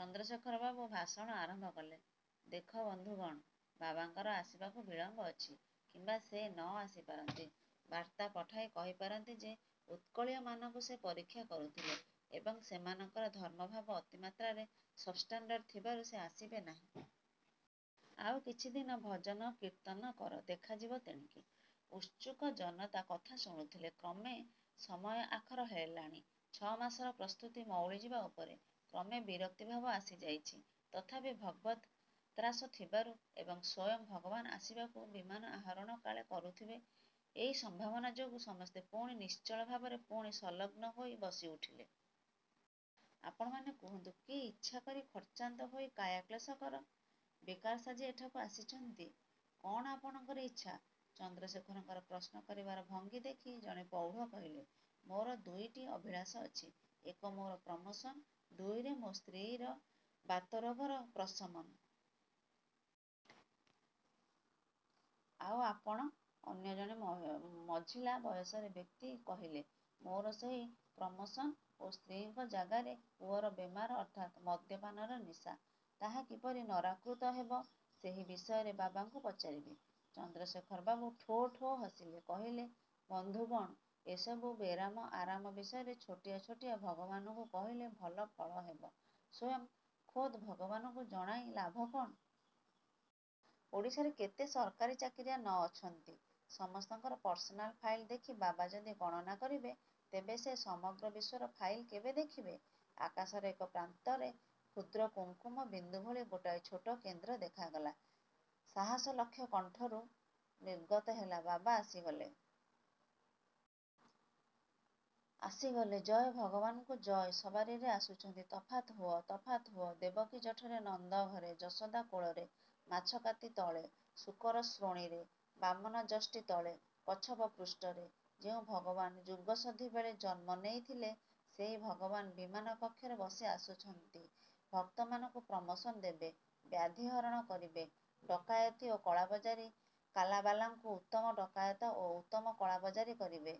ଚନ୍ଦ୍ରଶେଖର ବାବୁ ଭାଷଣ ଆରମ୍ଭ କଲେ- ଦେଖ ବନ୍ଧୁଗଣ, ବାବାଙ୍କର ଆସିବାକୁ ବିଳମ୍ବ ଅଛି, କିମ୍ବା ସେ ନ ଆସି ପାରନ୍ତି। ବାର୍ତ୍ତା ପଠାଇ କହିପାରନ୍ତି ଯେ ଉତ୍କଳୀୟମାନଙ୍କୁ ସେ ପରୀକ୍ଷା କରୁଥିଲେ ଏବଂ ସେମାନଙ୍କର ଧର୍ମଭାବ ଅତିମାତ୍ରାରେ ସବ୍ଷ୍ଟାଣ୍ଡାର୍ଡ଼ ଥିବାରୁ ସେ ଆସିବେ ନାହଁ। ଆଉ କିଛିଦନ ଭଜନ କୀର୍ତ୍ତନ କର; ଦେଖାଯିବ ତେଣିକି। ଉତ୍ସୁକ ଜନତା କଥା ଶୁଣୁଥିଲେ। କ୍ରମେ ସମୟ ଆଖର ହେଲାଣି। ଛଅମାସର ପ୍ରସ୍ତୁତି ମଉଳିଯିବା ଉପରେ। କ୍ରମେ ବରକ୍ତିଭାବ ଆସିଯାଇଛି; ତଥାପି ଭଗବଦ୍ ତ୍ରାସ ଥିବାରୁ ଏବଂ ସ୍ଵୟଂ ଭଗବାନ ଆସିବାକୁ ବିମାନ ଆରୋହଣ କାଳେ କରୁଥିବେ ଏଇ ସମ୍ଭାବନା ଯୋଗୁ ସମସ୍ତେ ପୁଣି ନିଶ୍ଚଳ ଭାବରେ ଭୂମି ସଂଲଗ୍ନ ହୋଇ ବସିପଡ଼ିଲେ। -ଆପଣମାନେ କୁହନ୍ତୁ, କି ଇଚ୍ଛା କରି ଖର୍ଚ୍ଚାନ୍ତ ହୋଇ କାୟା କ୍ଳେଶ କର, ବେକାର ସାଜି ଏଠାକୁ ଆସିଛନ୍ତି; କଅଣ ଆପଣଙ୍କର ଇଚ୍ଛା? ଚନ୍ଦ୍ରଶେଖରଙ୍କର ପ୍ରଶ୍ନ କରିବାର ଭଙ୍ଗୀ ଦେଖି ଜଣେ ପ୍ରୌଢ଼ କହିଲେ-ମୋର ଦୁଇଟି ଅଭିଳାଷ ଅଛି। ଏକ ମୋର ପ୍ରମୋଶନ, ଦୁଇରେ ମୋ ସ୍ତ୍ରୀର ବାତରୋଗର ପ୍ରଶମନ। ଆଉ ଆପଣ! ଅନ୍ୟ ଜଣେ ମଝିଲା ବୟସର ବ୍ୟକ୍ତି କହିଲେ- ମୋର ସେହି ପ୍ରମୋଶନ ଓ ସ୍ତ୍ରୀଙ୍କ ଜାଗାରେ ପୁଅର ବେରାମ ଅର୍ଥାତ୍ ମଦ୍ୟପାନର ନିଶା, ତାହା କିପରି ନରାକୃତ ହେବ-ସେହି ବିଷୟରେ ବାବାଙ୍କୁ ପଚାରିବି। ଚନ୍ଦ୍ରଶେଖର ବାବୁ ଠୋ ଠୋ ହସିଲେ-କହିଲେ, ବନ୍ଧୁଗଣ! ଏସବୁ ବେରାମ ଆରାମ ବିଷୟରେ ଛୋଟିଆ ଛୋଟିଆ ଭଗବାନଙ୍କୁ କହିଲେ ଭଲ ଫଳ ହେବ; ସ୍ଵୟଂ ଖୋଦ ଭଗବାନଙ୍କୁ ଜଣାଇ ଲାଭ କଅଣ? ଓଡ଼ିଶାରେ କେତେ ସରକାରୀ ଚାକରିଆ ନ ଅଛନ୍ତି। ସମସ୍ତଙ୍କର ପର୍ସନାଲ ଫାଇଲ ଦେଖି ବାବା ଯଦି ଗଣନା କରିବେ ତେବେ ସେ ସମଗ୍ର ବିଶ୍ଵର ଫାଇଲ କେବେ ଦେଖିବେ? ଆକାଶର ଏକ ପ୍ରାନ୍ତରେ କ୍ଷୁଦ୍ର କୁଙ୍କୁମ ବିନ୍ଦୁ ଭଳି ଗୋଟାଏ ଛୋଟ କେନ୍ଦ୍ର ଦେଖାଗଲା। ସହସା ଲକ୍ଷ କଣ୍ଠରୁ ନିର୍ଗତ ହେଲା-ବାବା ଆସିଗଲେ ଆସିଗଲେ, ଜୟ ଭଗବାନଙ୍କୁ ଜୟ ସବାରିରେ ଆସୁଛନ୍ତି ତଫାତ୍ ହୁଅ, ତଫାତ୍ ହୁଅ.. ଦେବକୀ ଜଠରେ, ନନ୍ଦ ଘରେ, ଯଶୋଦା କୋଳରେ, ମାଛକାତି ତଳେ, ଶୂକର ଶ୍ରୋଣୀରେ, ବାମନ ଯଷ୍ଟି ତଳେ, କଚ୍ଛପ ପୃଷ୍ଠରେ ଯେଉଁ ଭଗବାନ ଯୁଗସନ୍ଧି ବେଳେ ଜନ୍ମ ନେଇଥିଲେ, ସେହି ଭଗବାନ ବିମାନ କକ୍ଷରେ ବସି ଆସୁଛନ୍ତି-ଭକ୍ତମାନଙ୍କୁ ପ୍ରମୋଶନ ଦେବେ, ବ୍ୟାଧି ହରଣ କରିବେ, ଡକାଏତି ଓ କଳାବଜାରୀ କଲାବାଲାଙ୍କୁ ଉତ୍ତମ ଡକାଏତ ଓ ଉତ୍ତମ କଳାବଜାରି କରିବେ।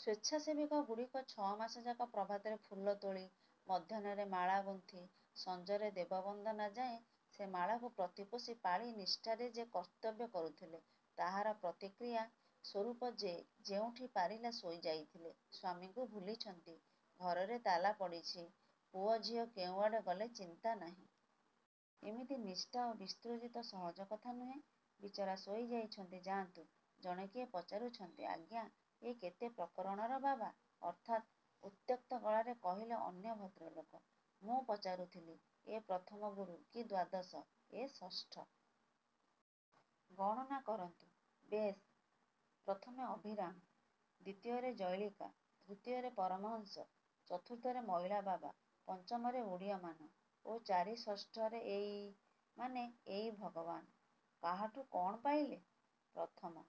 ସ୍ଵେଚ୍ଛାସେବିକା ଗୁଡ଼ିକ ଛଅମାସଯାକ ପ୍ରଭାତରେ ଫୁଲ ତୋଳି, ମଧ୍ୟାହ୍ନରେ ମାଳା ଗୁନ୍ଥି, ସଞ୍ଜରେ ଦେବ ବନ୍ଦନା ଯାଏ ସେ ମାଳାକୁ ପ୍ରତିପୋଷି ପାଳି ନିଷ୍ଠାରେ ଯେ କର୍ତ୍ତବ୍ୟ କରୁଥିଲେ, ତାହାର ପ୍ରତିକ୍ରିୟା ସ୍ଵରୂପ ଯେ ଯେଉଁଠି ପାରିଲା ଶୋଇଯାଇଥିଲେ। ସ୍ଵାମୀଙ୍କୁ ଭୁଲିଛନ୍ତି, ଘରରେ ତାଲା ପଡ଼ିଛି, ପୁଅ ଝିଅ କେଉଁଆଡ଼େ ଗଲେ, ଚିନ୍ତା ନାହିଁ। ଏମିତ ନିଷ୍ଠା ଓ ବିସ୍ମୃତି ତ ସହଜ କଥା ନୁହେଁ? ବିଚାରା ଶୋଇଯାଇଛନ୍ତି; ଯାଆନ୍ତୁ। ଜଣେ କିଏ ପଚାରୁଛନ୍ତି-. ଆଜ୍ଞା, ଏ କେତେ ପ୍ରକରଣର ବାବା? ଅର୍ଥାତ୍ ଉତ୍ତ୍ୟକ୍ତ ଗଳାରେ କହିଲେ ଅନ୍ୟ ଭଦ୍ରଲୋକ। ମୁଁ ପଚାରୁଥିଲି-ଏ ପ୍ରଥମ ଗୁରୁ କି ଦ୍ଵାଦଶ? -ଏ ଷଷ୍ଠ-. -ଗଣନା କରନ୍ତୁ.. -ବେଶ୍- ପ୍ରଥମେ ଅଭିରାମ, ଦ୍ୱିତୀୟରେ ଜଳୌକା, ତୃତୀୟରେ ପରମହଂସ, ଚତୁର୍ଥରେ ମଇଳା ବାବା, ପଞ୍ଚମରେ ଉଡ୍ଡୀୟମାନ ଓ ଚାରି ଷଷ୍ଠରେ ଏଇ-. ମାନେ ଏଇ ଭଗବାନ- -କାହାଠୁ କଅଣ ପାଇଲେ? -ପ୍ରଥମ